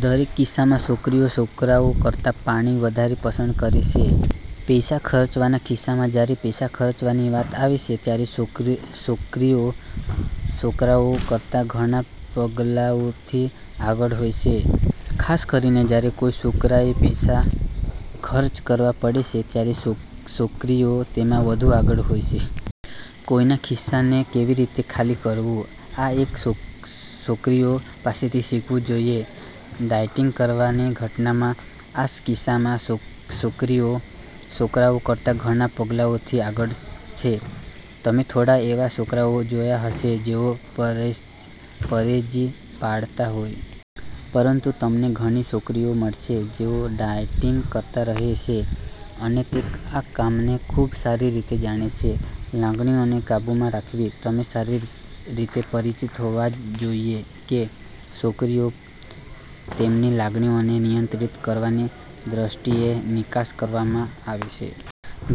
દરેક કિસ્સામાં છોકરીઓ છોકરાઓ કરતા પાણી વધારે પસંદ કરે છે. પૈસા ખર્ચવાના કિસ્સામાં: જ્યારે પૈસા ખર્ચવાની વાત આવે છે, ત્યારે છોકરીઓ છોકરાઓ કરતા ઘણા પગલાઓથી આગળ હોય છે. ખાસ કરીને જ્યારે કોઈ છોકરાએ પૈસા ખર્ચ કરવા પડે છે ત્યારે છોકરીઓ તેમાં વધુ આગળ હોય છે. કોઈના ખિસ્સાને કેવી રીતે ખાલી કરવું, આ એક છોકરીઓ પાસેથી શીખવું જોઈએ. ડાયટિંગ કરવાની ઘટનામાં: આ કિસ્સામાં, છોકરીઓ છોકરાઓ કરતા ઘણા પગલાઓથી આગળ છે. તમે થોડા એવા છોકરાઓ જોયા હશે જેઓ પરેજી પાળતા હોય. પરંતુ તમને ઘણી છોકરીઓ મળશે જેઓ ડાયેટિંગ કરતા રહે છે. અને તે આ કામને ખૂબ સારી રીતે જાણે છે. લાગણીઓને કાબૂમાં રાખવી: તમે સારી રીતે પરિચિત હોવા જ જોઈએ કે છોકરીઓ તેમની લાગણીઓને નિયંત્રિત કરવાની દ્રષ્ટિએ નિકાસ કરવામાં આવે છે.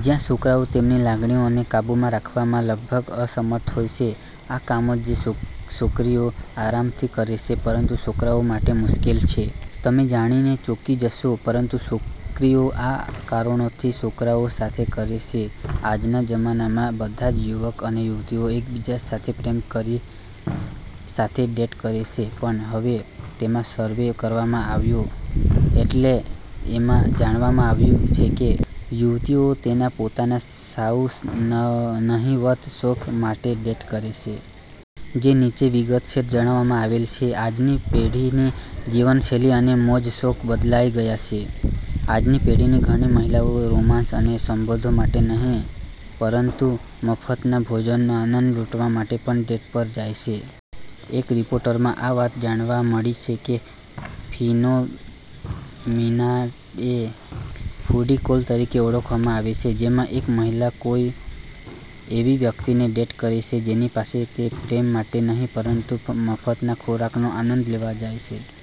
જ્યાં છોકરાઓ તેમની લાગણીઓને કાબૂમાં રાખવામાં લગભગ અસમર્થ હોય છે. "આ કામો જે છોકરીઓ આરામથી કરે છે, પરંતુ છોકરાઓ માટે મુશ્કેલ છે". તમે જાણી ને ચોંકી જશો, પરંતુ છોકરીઓ આ કારણોથી છોકરાઓ સાથે કરે છે આજના જમાનામાં બધા જ યુવક અને યુવતીઓં એક બીજા સાથે પ્રેમ કરી સાથે ડેટ કરે છે, પણ હવે તેમાં સર્વે કરવામાં આવ્યો એટલે એમાં જાણવામાં આવ્યું છે કે યુવતીઓં તેના પોતાના સાઉ નહીવત શોખ માટે ડેટ કરે છે. જે નીચે વિગતેસર જણાવવામાં આવેલ છે. આજની પેઢીની જીવનશૈલી અને મોજશોખ બદલાઇ ગયા છે. આજની પેઢીની ઘણી મહિલાઓ રોમાંસ અને સંબંધો માટે નહીં, પરંતુ મફતના ભોજનનો આનંદ લૂંટવા માટે પણ ડેટ પર જાય છે. એક રિપોર્ટમાં આ વાત જાણવા મળી છે કે, ફિનોમિનાએ ફૂડી કૉલ તરીકે ઓળખવામાં આવે છે. જેમાં એક મહિલા કોઇ એવી વ્યક્તિને ડેટ કરે છે, જેની પાસે તે પ્રેમ માટે નહીં, પરંતુ મફતના ખોરાકનો આનંદ લેવા જાય છે.